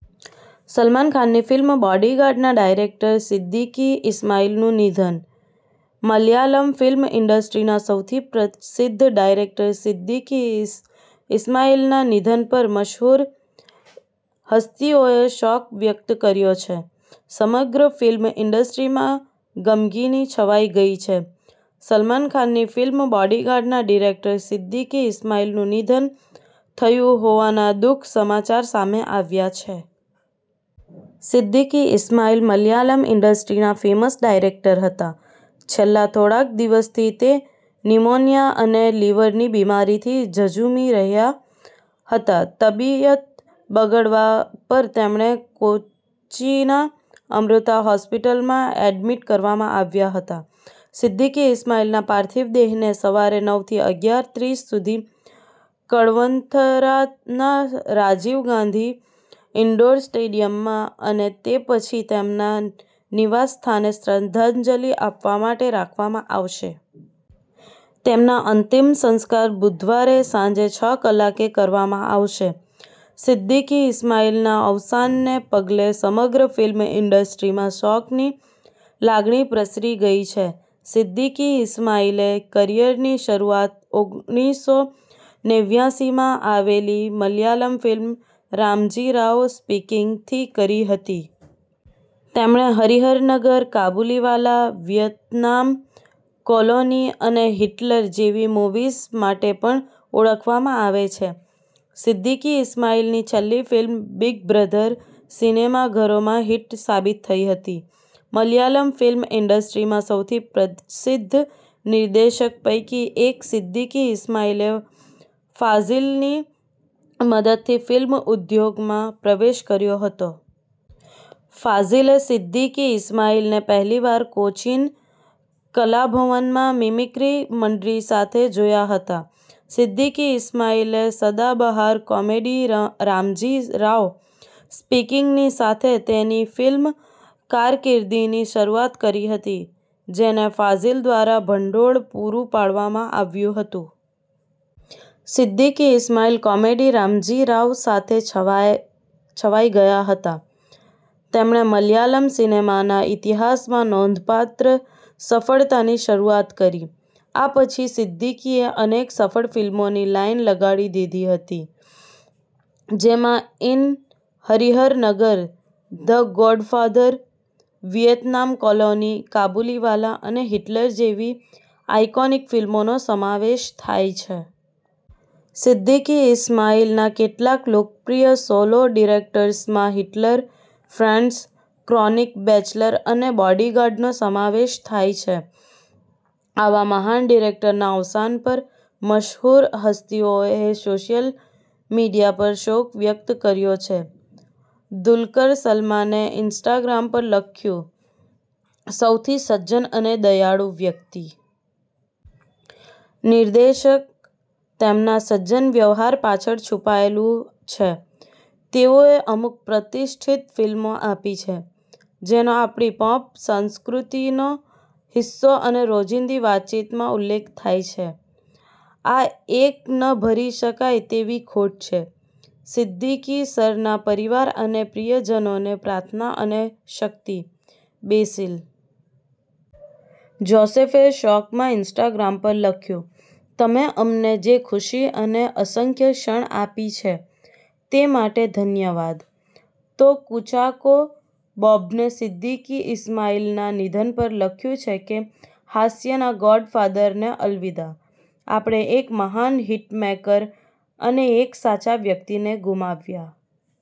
સલમાન ખાનની ફિલ્મ 'બોડીગાર્ડ'ના ડાયરેક્ટર સિદ્દીકી ઈસ્માઈલનું નિધન, મલયાલમ ફિલ્મ ઇન્ડસ્ટ્રીના સૌથી પ્રસિદ્ધ ડાયરેક્ટર સિદ્દીકી ઇસ્માઇલના નિધન પર મશહૂર હસ્તીઓએ શોક વ્યક્ત કર્યો છે. સમગ્ર ફિલ્મ ઇન્ડસ્ટ્રીમાં ગમગીની છવાય ગઇ છે. સલમાન ખાનની ફિલ્મ બોડીગાર્ડના ડિરેક્ટર સિદ્દીકી ઈસ્માઈલનું નિધન થયું હોવાના દુ:ખદ સમાચાર સામે આવ્યાં છે. સિદ્દીકી ઈસ્માઈલ મલયાલમ ઈન્ડસ્ટ્રીના ફેમસ ડાયરેક્ટર હતા. છેલ્લા થોડા દિવસથી તે નિમોનિયા અને લીવરની બિમારીથી ઝઝુમી રહ્યા હતા. તબીયત બગડવા પર તેમણે કોચ્ચિના અમૃતા હોસ્પિટલમાં એડમિટ કરવામાં આવ્યા હતા. સિદ્દીકી ઈસ્માઈલના પાર્થિવ દેહને સવારે નવ થી અગ્યાર ત્રીસ સુધી કડવંથરાના રાજીવ ગાંધી ઇન્ડોર સ્ટેડિયમમાં અને તે પછી તેમના નિવાસસ્થાને શ્રદ્ધાંજલિ આપવા માટે રાખવામાં આવશે. તેમના અંતિમ સંસ્કાર બુધવારે સાંજે છ કલાકે કરવામાં આવશે. સિદ્દીકી ઈસ્માઈલના અવસાનને પગલે સમગ્ર ફિલ્મ ઇન્ડસ્ટ્રીમાં શોકની લાગણી પ્રસરી ગઇ છે. સિદ્દીકી ઇસ્માઇલે કરિયરની શરૂઆત ઓગણીસો નેવ્યાસીમાં આવેલી મલયાલમ ફિલ્મ 'રામજી રાવ સ્પીકિંગ'થી કરી હતી. તેમણે 'હરિહર નગર', 'કાબુલીવાલા', 'વિયતનામ કોલોની', અને 'હિટલર' જેવી મૂવીઝ માટે પણ ઓળખવામાં આવે છે. સિદ્દીકી ઈસ્માઈલની છેલ્લી ફિલ્મ બિગ બ્રઘર સિનેમાઘરોમાં હિટ સાબિત થઇ હતી. મલયાલમ ફિલ્મ ઇન્ડસ્ટ્રીમાં સૌથી પ્રસિદ્ધ નિર્દેશક પૈકી એક સિદ્દીકી ઈસ્માઈલે ફાઝિલની મદદથી ફિલ્મ ઉધોગમાં પ્રવેશ કર્યો હતો. ફાઝિલે સિદ્દીકી ઈસ્માઈલને પહેલીવાર કોચીન કલાભવનમાં મિમિક્રી મંડળી સાથે જોયા હતા. સિદ્દીકી ઇસ્માઇલે સદાબહાર 'કોમેડી રામજી રાવ' સ્પીકિંગની સાથે તેની ફિલ્મી કારકિર્દીની શરૂઆત કરી હતી. જેને ફાઝિલ દ્વારા ભંડોળ પૂરું પાડવામાં આવ્યું હતું. સિદ્દીકી ઇસ્માઇલ કોમેડી 'રામજી રાવ' સાથે છવાય ગયા હતા. તેણે મલયાલમ સિનેમાના ઇતિહાસમાં નોંધપાત્ર સફળતાની શરૂઆત કરી. આ પછી સિદ્દીકીએ અનેક સફળ ફિલ્મોની લાઇન લગાડી દીધી હતી. જેમાં in Harihar Nagar, the Godfather, Vietnam colony, Kabuliwala, અને હિટલર જેવી આઇકોનિક ફિલ્મોનો સમાવેશ થાય છે. સિદ્દીકી ઈસ્માઈલના કેટલાક લોકપ્રિય સોલો ડિરેક્ટર્સમાં હિટલર, ફ્રેન્ડ્સ, ક્રોનિક બેચલર અને બોડીગાર્ડનો સમાવેશ થાય છે. આવા મહાન ડિરેક્ટરના અવસાન પર મશહૂર હસ્તિઓએ સોશિયલ મીડિયા પર શોક વ્યક્ત કર્યો છે. દુલકર સલમાને ઇન્સ્ટાગ્રામ પર લખ્યું, સૌથી સજ્જન અને દયાળુ વ્યક્તિ. નિર્દેશક તેમના સજ્જન વ્યવહાર પાછળ છુપાયેલું છે. તેઓએ અમુક પ્રતિષ્ઠિત ફિલ્મો આપી છે. જેનો આપણી પોપ સંસ્કૃતિનો હિસ્સો અને રોજિંદી વાતચીતમાં ઉલ્લેખ થાય છે. આ એક ન ભરી શકાય તેવી ખોટ છે. સિદ્દીકી સરના પરિવાર અને પ્રિયજનોને પ્રાર્થના અને શક્તિ. બેસિલ જોસેફે શોકમાં ઇન્સ્ટાગ્રામ પર લખ્યું, તમે અમને જે ખુશી અને અસંખ્ય ક્ષણ આપી છે તે માટે ધન્યવાદ. તો કુંચાકો બોબને સિદ્દીકી ઇસ્માઇલના નિધન પર લખ્યું છે કે, હાસ્યના ગોડફાધરને અલવિદા. આપણે એક મહાન હિટમેકર અને એક સાચા વ્યક્તિને ગુમાવ્યા.